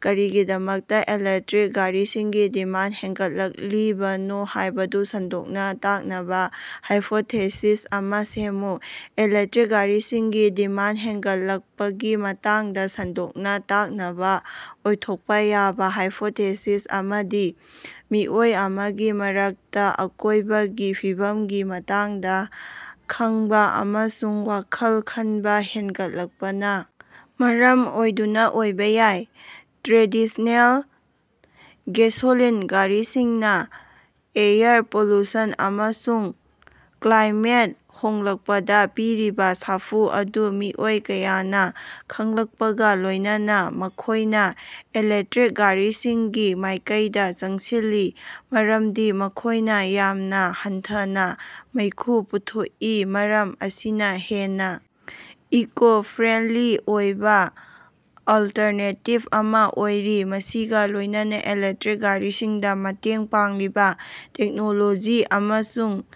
ꯀꯔꯤꯒꯤꯗꯃꯛꯇ electric ꯒꯥꯔꯤꯁꯤꯡꯒꯤ demand ꯍꯦꯟꯒꯠꯂꯛꯂꯤꯕꯅꯣ ꯍꯥꯢꯕꯗꯨ ꯁꯟꯗꯣꯛꯅ ꯇꯥꯛꯅꯕ ꯍꯥꯏꯄꯣꯊꯦꯁꯤꯁ ꯑꯃꯥ ꯁꯦꯝꯃꯨ꯫ ꯏꯂꯦꯛꯇ꯭ꯔꯤꯛ ꯒꯥꯔꯤꯁꯤꯡꯒꯤ ꯗꯤꯃꯥꯟꯗ ꯍꯦꯟꯒꯠꯂꯛꯄꯒꯤ ꯃꯇꯥꯡꯗ ꯁꯟꯗꯣꯛꯅ ꯇꯥꯛꯅꯕ ꯑꯣꯏꯊꯣꯛꯄ ꯌꯥꯕ ꯍꯥꯏꯄꯣꯊꯦꯁꯤꯁ ꯑꯃꯗꯤ ꯃꯤꯑꯣꯏ ꯑꯃꯒꯤ ꯃꯔꯛꯇ ꯑꯀꯣꯢꯕꯒꯤ ꯐꯤꯕꯝꯒꯤ ꯃꯇꯥꯡꯗ ꯈꯡꯕꯥ ꯑꯃꯁꯨꯡ ꯋꯥꯈꯜ ꯈꯟꯕ ꯍꯦꯟꯒꯠꯂꯛꯄꯅ ꯃꯔꯝ ꯑꯣꯏꯗꯨꯅ ꯑꯣꯏꯕ ꯌꯥꯏ꯫ ꯇ꯭ꯔꯦꯗꯤꯁꯅꯦꯜ ꯒꯦꯁꯣꯂꯤꯟ ꯒꯥꯔꯤꯁꯤꯡꯅ ꯑꯦꯌꯔ ꯄꯣꯂꯨꯁꯟ ꯑꯃꯁꯨꯡ ꯀ꯭ꯂꯥꯏꯃꯦꯠ ꯍꯣꯡꯂꯛꯄꯗ ꯄꯤꯔꯤꯕ ꯁꯥꯐꯨ ꯑꯗꯨ ꯃꯤꯑꯣꯏ ꯀꯌꯥꯅ ꯈꯡꯂꯛꯄꯒ ꯂꯣꯢꯅꯅꯥ ꯃꯈꯣꯢꯅ ꯏꯂꯦꯛꯇ꯭ꯔꯤꯛ ꯒꯥꯔꯤꯁꯤꯡꯒꯤ ꯃꯥꯢꯀꯩꯗ ꯆꯪꯁꯤꯜꯂꯤ ꯃꯔꯝꯗꯤ ꯃꯈꯣꯢꯅ ꯌꯥꯝꯅ ꯍꯟꯊꯅ ꯃꯩꯈꯨ ꯄꯨꯊꯣꯛꯏ ꯃꯔꯝ ꯑꯁꯤꯅ ꯍꯦꯟꯅ ꯏꯀꯣ-ꯐ꯭ꯔꯦꯟꯗꯂꯤ ꯑꯣꯏꯕ ꯑꯜꯇꯔꯅꯦꯇꯤꯕ ꯑꯃ ꯑꯣꯏꯔꯤ꯫ ꯃꯁꯤꯒ ꯂꯣꯢꯅꯅꯥ ꯏꯂꯦꯛꯇ꯭ꯔꯤꯛ ꯒꯥꯔꯤꯁꯤꯡꯗ ꯃꯇꯦꯡ ꯄꯥꯡꯂꯤꯕꯥ ꯇꯦꯛꯅꯣꯂꯣꯖꯤ ꯑꯃꯁꯨꯡ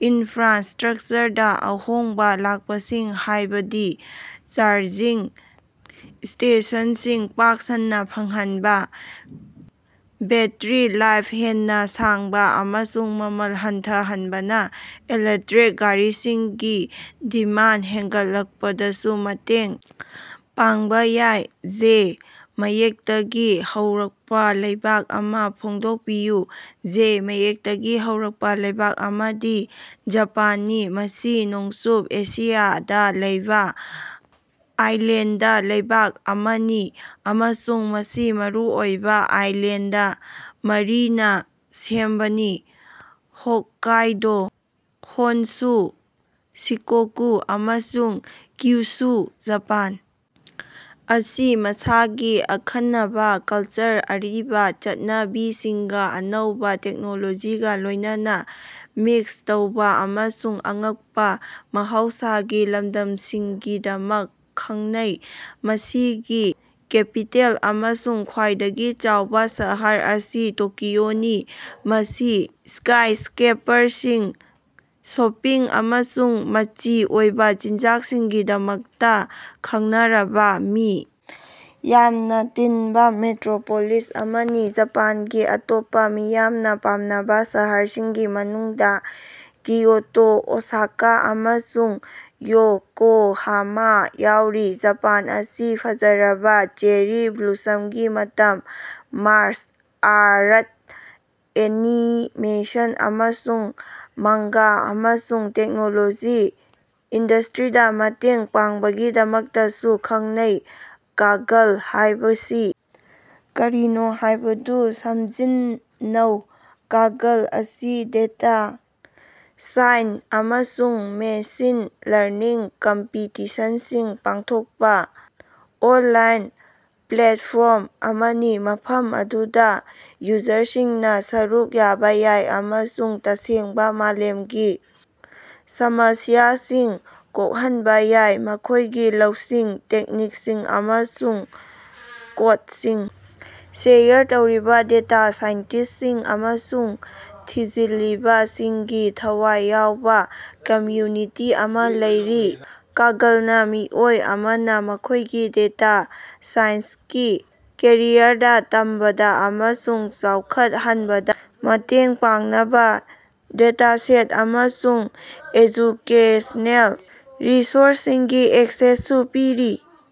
ꯏꯟꯐ꯭ꯔꯥꯁꯇ꯭ꯔꯛꯆꯔꯗ ꯑꯍꯣꯡꯕ ꯂꯥꯛꯄꯁꯤꯡ ꯍꯥꯢꯕꯗꯤ ꯆꯥꯔꯖꯤꯡ ꯁ꯭ꯇꯦꯁꯟꯁꯤꯡ ꯄꯥꯛ ꯁꯟꯅ ꯐꯪꯍꯟꯕ ꯕꯦꯠꯇ꯭ꯔꯤ-ꯂꯥꯏꯐ ꯍꯦꯟꯅ ꯁꯥꯡꯕ ꯑꯃꯁꯨꯡ ꯃꯃꯜ ꯍꯟꯊꯍꯟꯕꯅ ꯏꯂꯦꯛꯇ꯭ꯔꯤꯛ ꯒꯥꯔꯤꯁꯤꯡꯒꯤ ꯗꯤꯃꯥꯟꯗ ꯍꯦꯟꯒꯠꯂꯛꯄꯗꯁꯨ ꯃꯇꯦꯡ ꯄꯥꯡꯕ ꯌꯥꯏ꯫ ꯖꯦ ꯃꯌꯦꯛꯇꯒꯤ ꯍꯧꯔꯛꯄ ꯂꯩꯕꯥꯛ ꯑꯃ ꯐꯣꯡꯗꯣꯛꯄꯤꯌꯨ꯫ ꯖꯦ ꯃꯌꯦꯛꯇꯒꯤ ꯍꯧꯔꯛꯄ ꯂꯩꯕꯥꯛ ꯑꯃꯗꯤ ꯖꯄꯥꯟꯅꯤ꯫ ꯃꯁꯤ ꯅꯣꯡꯆꯨꯞ ꯑꯦꯁꯤꯌꯥꯗ ꯂꯩꯕ ꯑꯥꯏꯂꯦꯟꯗ ꯂꯩꯕꯥꯛ ꯑꯃꯅꯤ ꯑꯃꯁꯨꯡ ꯃꯁꯤ ꯃꯔꯨꯑꯣꯏꯕ ꯑꯥꯏꯂꯦꯟꯗ ꯃꯔꯤꯅꯥ ꯁꯦꯝꯕꯅꯤ ꯍꯣꯛꯀꯥꯏꯗꯣ, ꯍꯣꯟꯁꯨ, ꯁꯤꯀꯣꯀꯨ ꯑꯃꯁꯨꯡ ꯀ꯭ꯌꯨꯁꯨ꯫ ꯖꯄꯥꯟ ꯑꯁꯤ ꯃꯁꯥꯒꯤ ꯑꯈꯟꯅꯕ ꯀꯜꯆꯔ ꯑꯔꯤꯕ ꯆꯠꯅꯕꯤꯁꯤꯡꯒ ꯑꯅꯧꯕ ꯇꯦꯛꯅꯣꯂꯣꯖꯤꯒ ꯂꯣꯢꯅꯅꯥ ꯃꯤꯛꯁ ꯇꯧꯕꯥ ꯑꯃꯁꯨꯡ ꯑꯉꯛꯄ ꯃꯍꯧꯁꯥꯒꯤ ꯂꯝꯗꯝꯁꯤꯡꯒꯤꯗꯃꯛ ꯈꯪꯅꯩ꯫ ꯃꯁꯤꯒꯤ ꯀꯦꯄꯤꯇꯦꯜ ꯑꯃꯁꯨꯡ ꯈ꯭ꯋꯥꯏꯗꯒꯤ ꯆꯥꯎꯕ ꯁꯍꯔ ꯑꯁꯤ ꯇꯣꯀꯤꯑꯣꯅꯤ ꯃꯁꯤ ꯁ꯭ꯀꯥꯏꯁꯀ꯭ꯔꯦꯄꯔꯁꯤꯡ ꯁꯣꯄꯤꯡ ꯑꯃꯁꯨꯡ ꯃꯆꯤ ꯑꯣꯏꯕ ꯆꯤꯟꯖꯥꯛꯁꯤꯡꯒꯤꯗꯃꯛꯇ ꯈꯡꯅꯔꯕ ꯃꯤ ꯌꯥꯝꯅ ꯇꯤꯟꯕ ꯃꯦꯇ꯭ꯔꯣꯄꯣꯂꯤꯁ ꯑꯃꯅꯤ꯫ ꯖꯄꯥꯟꯒꯤ ꯑꯇꯣꯞꯄ ꯃꯤꯌꯥꯝꯅ ꯄꯥꯝꯅꯕ ꯁꯍꯔꯁꯤꯡꯒꯤ ꯃꯅꯨꯡꯗ ꯀꯤꯌꯣꯇꯣ ꯑꯣꯁꯥꯀꯥ ꯑꯃꯁꯨꯡ ꯌꯣꯀꯣꯍꯥꯃꯥ ꯌꯥꯎꯔꯤ꯫ ꯖꯄꯥꯟ ꯑꯁꯤ ꯐꯖꯔꯕ ꯆꯦꯔꯤ ꯕ꯭ꯂꯣꯁꯝꯒꯤ ꯃꯇꯝ, ꯃꯥꯔꯁꯜ ꯑꯥꯔꯠ, ꯑꯦꯅꯤꯃꯦꯁꯟ ꯑꯃꯁꯨꯡ ꯃꯥꯡꯒꯥ ꯑꯃꯁꯨꯡ ꯇꯦꯛꯅꯣꯂꯣꯖꯤ ꯏꯟꯗꯁꯇ꯭ꯔꯤꯗ ꯃꯇꯦꯡ ꯄꯥꯡꯕꯒꯤꯗꯃꯛꯇꯁꯨ ꯈꯪꯅꯩ꯫ ꯀꯥꯒꯜ ꯍꯥꯢꯕꯁꯤ ꯀꯔꯤꯅꯣ ꯍꯥꯢꯕꯗꯨ ꯁꯝꯖꯤꯟꯅꯧ꯫ ꯀꯥꯒꯜ ꯑꯁꯤ ꯗꯦꯇꯥ ꯁꯥꯏꯟꯁ ꯑꯃꯁꯨꯡ ꯃꯦꯁꯤꯟ ꯂꯔꯅꯤꯡ ꯀꯝꯄꯤꯇꯤꯁꯟꯁꯤꯡ ꯄꯥꯡꯊꯣꯛꯄ ꯑꯣꯟꯂꯥꯏꯟ ꯄ꯭ꯂꯦꯠꯐꯣꯔꯝ ꯑꯃꯅꯤ ꯃꯐꯝ ꯑꯗꯨꯗ ꯌꯨꯖꯔꯁꯤꯡꯅ ꯁꯔꯨꯛ ꯌꯥꯕ ꯌꯥꯏ ꯑꯃꯁꯨꯡ ꯇꯁꯦꯡꯕ ꯃꯥꯂꯦꯝꯒꯤ ꯁꯃꯁ꯭ꯌꯥꯁꯤꯡ ꯀꯣꯛꯍꯟꯕ ꯌꯥꯏ꯫ ꯃꯈꯣꯢꯒꯤ ꯂꯧꯁꯤꯡ, ꯇꯦꯛꯅꯤꯛꯁꯤꯡ ꯑꯃꯁꯨꯡ ꯀꯣꯗꯁꯤꯡ ꯁꯦꯌꯔ ꯇꯧꯔꯤꯕ ꯗꯦꯇꯥ ꯁꯥꯏꯟꯇꯤꯁꯇꯁꯤꯡ ꯑꯃꯁꯨꯡ ꯊꯤꯖꯤꯜꯂꯤꯕ ꯁꯤꯡꯒꯤ ꯊꯋꯥꯏ ꯌꯥꯎꯕ ꯀꯝꯃ꯭ꯌꯨꯅꯤꯇꯤ ꯑꯃ ꯂꯩꯔꯤ꯫ ꯀꯥꯒꯜꯅꯥ ꯃꯤꯑꯣꯏ ꯑꯃꯅ ꯃꯈꯣꯢꯒꯤ ꯗꯦꯇꯥ ꯁꯥꯏꯟꯁꯀꯤ ꯀꯦꯔꯤꯌꯔꯗ ꯇꯝꯕꯗ ꯑꯃꯁꯨꯡ ꯆꯥꯎꯈꯠꯍꯟꯕꯗ ꯃꯇꯦꯡ ꯄꯥꯡꯅꯕ ꯗꯦꯇꯥꯁꯦꯠ ꯑꯃꯁꯨꯡ ꯑꯦꯖꯨꯀꯦꯁꯅꯦꯜ ꯔꯤꯁꯣꯔꯁꯁꯤꯡꯒꯤ ꯑꯦꯛꯁꯦꯁꯁꯨ ꯄꯤꯔꯤ꯫